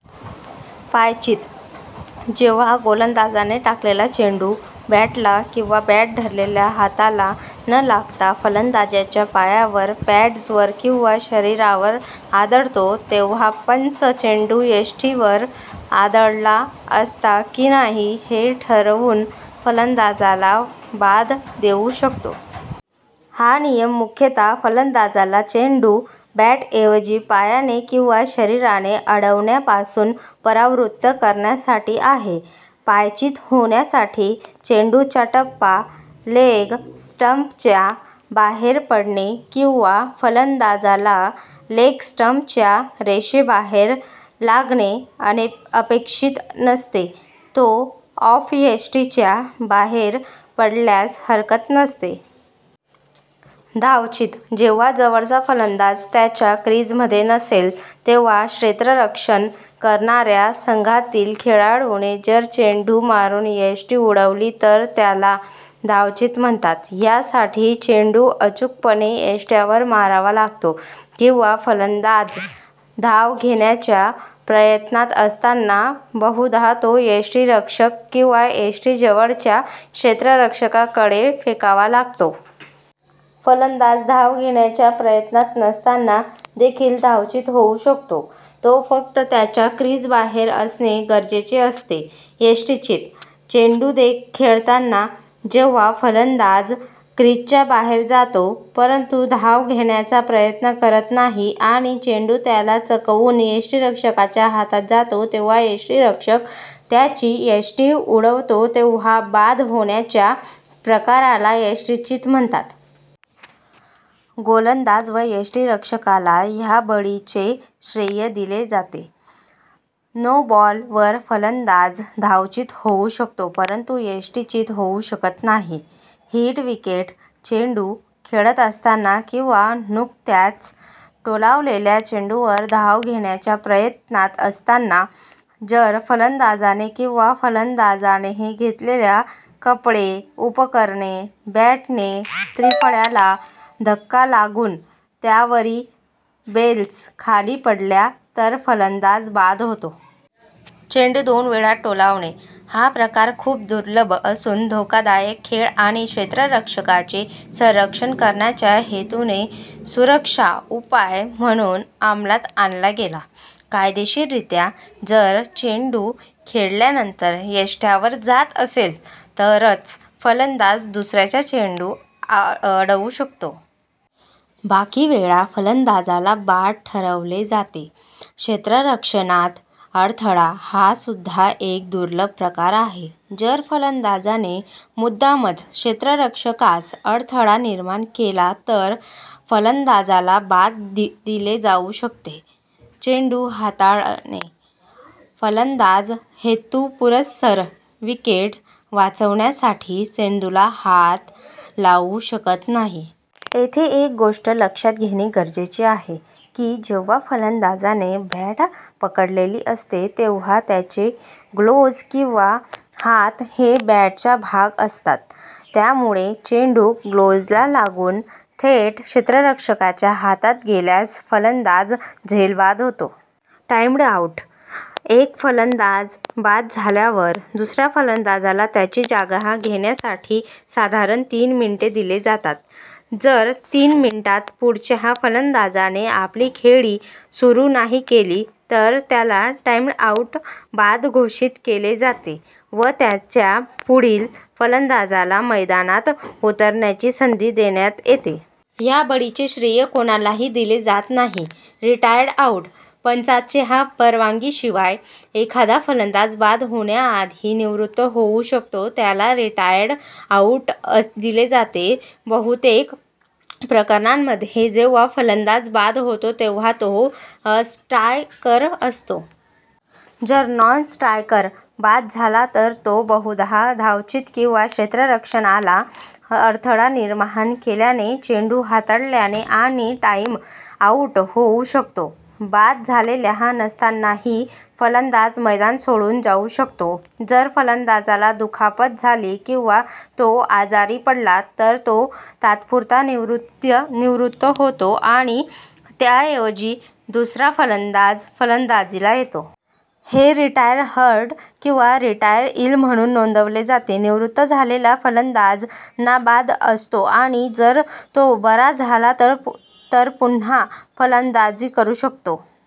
पायचीत: जेव्हा गोलंदाजाने टाकलेला चेंडू बॅटला किंवा बॅट धरलेल्या हाताला न लागता फलंदाजाच्या पायावर, पॅड्जवर किंवा शरीरावर आदळतो तेव्हा पंच चेंडू यष्टींवर आदळला असता की नाही हे ठरवून फलंदाजाला बाद देऊ शकतो. हा नियम मुख्यतः फलंदाजाला चेंडू बॅटऐवजी पायाने किंवा शरीराने अडवण्यापासून परावृत्त करण्यासाठी आहे. पायचीत होण्यासाठी, चेंडूचा टप्पा लेग स्टंपच्या बाहेर पडणे किंवा फलंदाजाला लेग-स्टंपच्या रेषेबाहेर लागणे अपेक्षित नसते. तो ऑफ-यष्टीच्या बाहेर पडल्यास हरकत नसते. धावचीत: जेव्हा जवळचा फलंदाज त्याच्या क्रिजमध्ये नसेल, तेव्हा क्षेत्ररक्षण करणाऱ्या संघातील खेळाडूने जर चेंडू मारून यष्टी उडवली तर त्याला धावचीत म्हणतात. ह्यासाठी चेंडू अचूकपणे यष्ट्यांवर मारावा लागतो, किंवा फलंदाज धाव घेण्याच्या प्रयत्नात असताना, बहुधा तो यष्टिरक्षक किंवा यष्टीजवळच्या क्षेत्ररक्षकाकडे फेकावा लागतो. फलंदाज धाव घेण्याच्या प्रयत्नात नसताना देखील "धावचीत" होवू शकतो; तो फक्त त्याच्या क्रिजबाहेर असणे गरजेचे असते. यष्टिचीत: चेंडू खेळतांना जेव्हा फलंदाज क्रिजच्या बाहेर जातो, परंतु धाव घेण्याचा प्रयत्न करत नाही आणि चेंडू त्याला चकवून यष्टिरक्षकाच्या हातात जातो तेव्हा यष्टिरक्षक त्याची यष्टी उडवतो तेव्हा, बाद होण्याच्या प्रकाराला यष्टिचीत म्हणतात. गोलंदाज व यष्टीरक्षकाला ह्या बळीचे श्रेय दिले जाते. नो बॉल वर फलंदाज धावचीत होवू शकतो परंतु यष्टिचीत होऊ शकत नाही. हिट विकेट: चेंडू खेळत असताना किंवा नुकत्याच टोलावलेल्या चेंडूवर धाव घेण्याच्या प्रयत्नात असताना, जर फलंदाजाने किंवा फलंदाजाने घातलेल्या कपडे, उपकरणे, बॅटने त्रिफळ्याला धक्का लागून त्यावरील बेल्स खाली पडल्या तर फलंदाज बाद होतो. चेंडू दोन वेळा टोलावणे: हा प्रकार खूप दुर्लभ असून, धोकादायक खेळ आणि क्षेत्ररक्षकांचे संरक्षण करण्याच्या हेतूने सुरक्षा उपाय म्हणून अंमलात आणला गेला. कायदेशीररित्या जर चेंडू खेळल्यानंतर, यष्ट्यांवर जात असेल तरच फलंदाज दुसऱ्यांदा चेंडू अडवू शकतो. बाकीवेळा फलंदाजाला बाद ठरवले जाते. क्षेत्ररक्षणात अडथळा: हा सुद्धा एक दुर्लभ प्रकार आहे. जर फलंदाजाने मुद्दामच क्षेत्ररक्षकास अडथळा निर्माण केला तर फलंदाजाला बाद दिले जाऊ शकते. चेंडू हाताळणे: फलंदाज हेतुपुरस्सर विकेट वाचवण्यासाठी चेंडूला हात लावू शकत नाही. येथे एक गोष्ट लक्षात घेणे गरजेचे आहे, की जेव्हा फलंदाजाने बॅट पकडलेली असते तेव्हा त्याचे ग्लोव्हज किंवा हात हे बॅटचा भाग असतात, त्यामुळे चेंडू ग्लोव्हजला लागून थेट क्षेत्ररक्षकाच्या हातात गेल्यास फलंदाज झेलबाद होतो. टाईम्ड आऊट: एक फलंदाज बाद झाल्यावर दुसऱ्या फलंदाजाला त्याची जागा घेण्यासाठी साधारण तीन मिनिटे दिली जातात. जर तीन मिनिटात पुढच्या फलंदाजाने आपली खेळी सुरू नाही केली तर त्याला टाईम्ड आउट बाद घोषित केले जाते व त्याच्या पुढील फलंदाजाला मैदानात उतरण्याची संधी देण्यात येते. ह्या बळीचे श्रेय कोणालाही दिले जात नाही.. रिटायर्ड आउट: पंचांच्या परवानगीशिवाय एखादा फलंदाज बाद होण्याआधी निवृत्त होऊ शकतो, त्याला रिटायर्ड आऊट दिले जाते. बहुतेक प्रकरणांमध्ये जेव्हा फलंदाज बाद होतो, तेव्हा तो स्ट्रायकर असतो. जर नॉन-स्ट्रायकर बाद झाला तर तो बहुधा धावचीत किंवा क्षेत्ररक्षणाला अडथळा निर्माण केल्याने, चेंडू हाताळल्याने आणि टाईम्ड आऊट होऊ शकतो. बाद झालेला नसतानाही फलंदाज मैदान सोडून जाऊ शकतो. जर फलंदाजाला दुखापत झाली किंवा तो आजारी पडला, तर तो तात्पुरता निवृत्त होतो आणि त्याच्याऐवजी दुसरा फलंदाज फलंदाजीला येतो. हे रिटायर्ड हर्ट किंवा रिटायर्ड इल म्हणून नोंदवले जाते. निवृत्त झालेला फलंदाज नाबाद असतो आणि जर तो बरा झाला तर पुन्हा फलंदाजी करू शकतो.